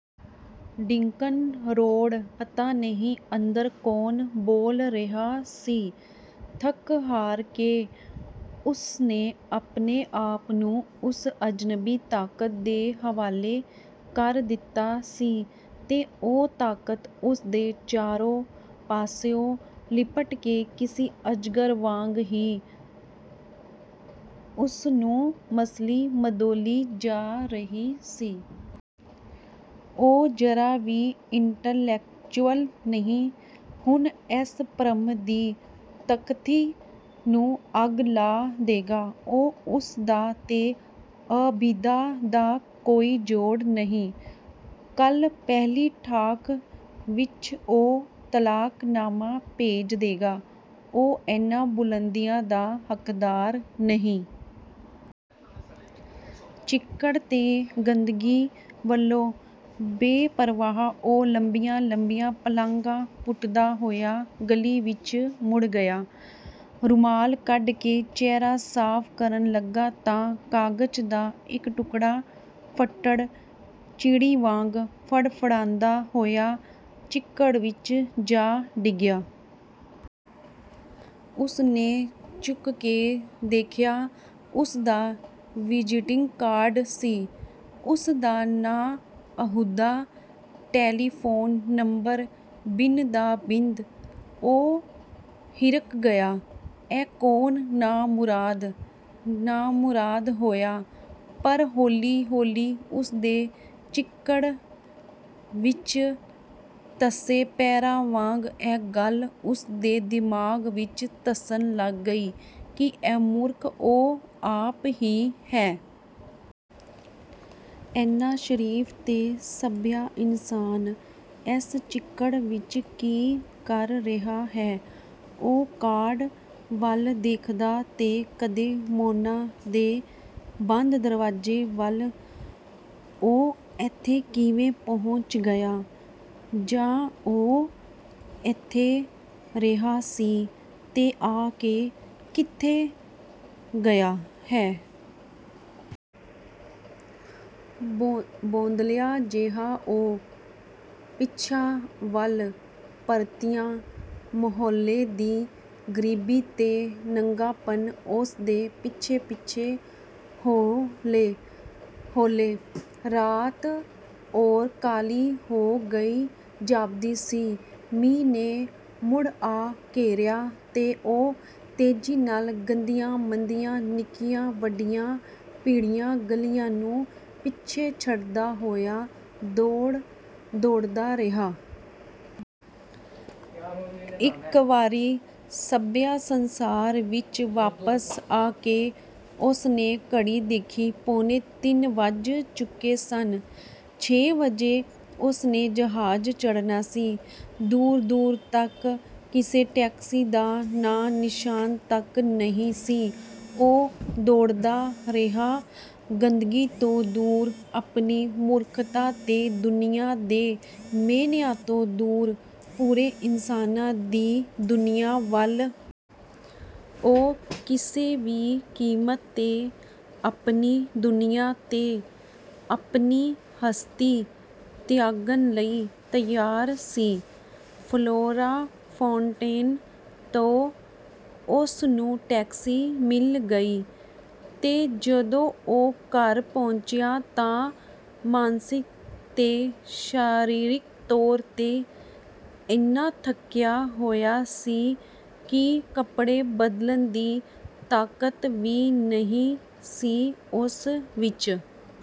ਡਿੰਕਨ Road. ਪਤਾ ਨਹੀਂ ਅੰਦਰ ਕੌਣ ਬੋਲ ਰਿਹਾ ਸੀ! ਥੱਕ-ਹਾਰ ਕੇ ਉਸਨੇ ਆਪਣੇ ਆਪ ਨੂੰ ਉਸ ਅਜਨਬੀ ਤਾਕਤ ਦੇ ਹਵਾਲੇ ਕਰ ਦਿੱਤਾ ਸੀ ਤੇ ਉਹ ਤਾਕਤ ਉਸਦੇ ਚਾਰੇ ਪਾਸਿਓਂ ਲਿਪਟ ਕੇ ਕਿਸੇ ਅਜਗਰ ਵਾਂਗ ਹੀ ਉਸਨੂੰ ਮਸਲੀ-ਮਧੋਲੀ ਜਾ ਰਹੀ ਸੀ। ਉਹ ਜ਼ਰਾ ਵੀ 'ਇੰਟਲੈਕਚੁਅਲ' ਨਹੀਂ, ਹੁਣ ਇਸ ਭਰਮ ਦੀ ਤਖ਼ਤੀ ਨੂੰ ਅੱਗ ਲਾ ਦੇਗਾ ਉਹ। ਉਸਦਾ ਤੇ ਆਬਿਦਾ ਦਾ ਕੋਈ ਜੋੜ ਨਹੀਂ। ਕੱਲ੍ਹ ਪਹਿਲੀ ਡਾਕ ਵਿੱਚ ਉਹ ਤਲਾਕਨਾਮਾ ਭੇਜ ਦੇਗਾ। ਉਹ ਇਹਨਾਂ ਬੁਲੰਦੀਆਂ ਦਾ ਹੱਕਦਾਰ ਨਹੀਂ। ਚਿੱਕੜ ਤੇ ਗੰਦਗੀ ਵੱਲੋਂ ਬੇਪ੍ਰਵਾਹ ਉਹ ਲੰਮੀਆਂ-ਲੰਮੀਆਂ ਪਲਾਂਘਾਂ ਪੁੱਟਦਾ ਹੋਇਆ ਗਲੀ ਵਿੱਚ ਮੁੜ ਗਿਆ। ਰੁਮਾਲ ਕੱਢ ਕੇ ਚਿਹਰਾ ਸਾਫ਼ ਕਰਨ ਲੱਗਾ ਤਾਂ ਕਾਗਜ਼ ਦਾ ਇੱਕ ਟੁਕੜਾ ਫੱਟੜ-ਚਿੜੀ ਵਾਂਗ ਫੜਫੜਾਉਂਦਾ ਹੋਇਆ ਚਿੱਕੜ ਵਿੱਚ ਜਾ ਡਿੱਗਿਆ। ਉਸਨੇ ਚੁੱਕ ਕੇ ਦੇਖਿਆ, ਉਸਦਾ ਵਿਜ਼ਿਟਿੰਗ ਕਾਰਡ ਸੀ। ਉਸਦਾ ਨਾਂ, ਅਹੁਦਾ, ਟੈਲੀਫ਼ੋਨ ਨੰਬਰ, ਬਿੰਦ ਦਾ ਬਿੰਦ। ਉਹ ਹਿਰਖ ਗਿਆ, 'ਇਹ ਕੌਣ ਨਾਮੁਰਾਦ ਹੋਇਆ?' ਪਰ ਹੌਲੀ-ਹੌਲੀ ਉਸਦੇ ਚਿੱਕੜ ਵਿੱਚ ਧਸੇ ਪੈਰਾਂ ਵਾਂਗ ਇਹ ਗੱਲ ਉਸਦੇ ਦਿਮਾਗ਼ ਵਿੱਚ ਧਸਣ ਲੱਗੀ ਕਿ ਇਹ ਮੂਰਖ ਉਹ ਆਪ ਹੀ ਹੈ। ਇੰਨਾ ਸ਼ਰੀਫ਼ ਤੇ ਸੱਭਿਅ ਇਨਸਾਨ ਇਸ ਚਿੱਕੜ ਵਿੱਚ ਕੀ ਕਰ ਰਿਹਾ ਹੈ? ਉਹ ਕਾਰਡ ਵੱਲ ਦੇਖਦਾ ਤੇ ਕਦੇ ਮੋਨਾ ਦੇ ਬੰਦ ਦਰਵਾਜ਼ੇ ਵੱਲ। ਉਹ ਇੱਥੇ ਕਿਵੇਂ ਪਹੁੰਚ ਗਿਆ? ਜਾਂ ਉਹ ਕਿੱਥੇ ਰਿਹਾ ਸੀ, ਤੇ ਆ ਕੇ ਕਿੱਥੇ ਗਿਆ ਹੈ? ਬੌਂਦਲਿਆ ਜਿਹਾ ਉਹ ਪਿਛਾਂਹ ਵੱਲ ਪਰਤਿਆ, ਮੁਹੱਲੇ ਦੀ ਗਰੀਬੀ ਤੇ ਨੰਗਾਪਣ ਉਸਦੇ ਪਿੱਛੇ-ਪਿੱਛੇ ਹੋ ਲਏ। ਰਾਤ, ਹੋਰ ਕਾਲੀ ਹੋ ਗਈ ਜਾਪਦੀ ਸੀ। ਮੀਂਹ ਨੇ ਮੁੜ ਆ ਘੇਰਿਆ ਤੇ ਉਹ ਤੇਜ਼ੀ ਨਾਲ ਗੰਦੀਆਂ-ਮੰਦੀਆਂ, ਨਿੱਕੀਆਂ-ਵੱਡੀਆਂ, ਭੀੜੀਆਂ ਗਲੀਆਂ ਨੂੰ ਪਿੱਛੇ ਛੱਡਦਾ ਹੋਇਆ ਦੌੜਦਾ ਰਿਹਾ। ਇੱਕ ਵਾਰੀ ਸੱਭਿਅ ਸੰਸਾਰ ਵਿੱਚ ਵਾਪਸ ਆ ਕੇ ਉਸਨੇ ਘੜੀ ਦੇਖੀ, ਪੌਣੇ ਤਿੰਨ ਵੱਜ ਚੁੱਕੇ ਸਨ, ਛੇ ਵਜੇ ਉਸਨੇ ਜਹਾਜ਼ ਚੜ੍ਹਨਾ ਸੀ। ਦੂਰ-ਦੂਰ ਤੱਕ ਕਿਸੇ ਟੈਕਸੀ ਦਾ ਨਾਂ-ਨਿਸ਼ਾਨ ਤੱਕ ਨਹੀਂ ਸੀ। ਉਹ ਦੌੜਦਾ ਰਿਹਾ, ਗੰਦਗੀ ਤੋਂ ਦੂਰ, ਆਪਣੀ ਮੂਰਖਤਾ ਤੇ ਦੁਨੀਆਂ ਦੇ ਮਿਹਣਿਆਂ ਤੋਂ ਦੂਰ, ਪੂਰੇ ਇਨਸਾਨਾਂ ਦੀ ਦੁਨੀਆਂ ਵੱਲ। ਉਹ ਕਿਸੇ ਵੀ ਕੀਮਤ 'ਤੇ ਆਪਣੀ ਦੁਨੀਆਂ ਤੇ ਆਪਣੀ ਹਸਤੀ ਤਿਆਗਣ ਲਈ ਤਿਆਰ ਸੀ। ਫਲੋਰਾ ਫਾਊਂਟੈਨ ਤੋਂ ਉਸਨੂੰ ਟੈਕਸੀ ਮਿਲ ਗਈ ਤੇ ਜਦੋਂ ਉਹ ਘਰੇ ਪਹੁੰਚਿਆ ਤਾਂ ਮਾਨਸਿਕ ਤੇ ਸਰੀਰਕ ਤੌਰ 'ਤੇ ਇੰਨਾ ਥੱਕਿਆ ਹੋਇਆ ਸੀ ਕਿ ਕੱਪੜੇ ਬਦਲਣ ਦੀ ਤਾਕਤ ਵੀ ਨਹੀਂ ਸੀ ਉਸ ਵਿੱਚ।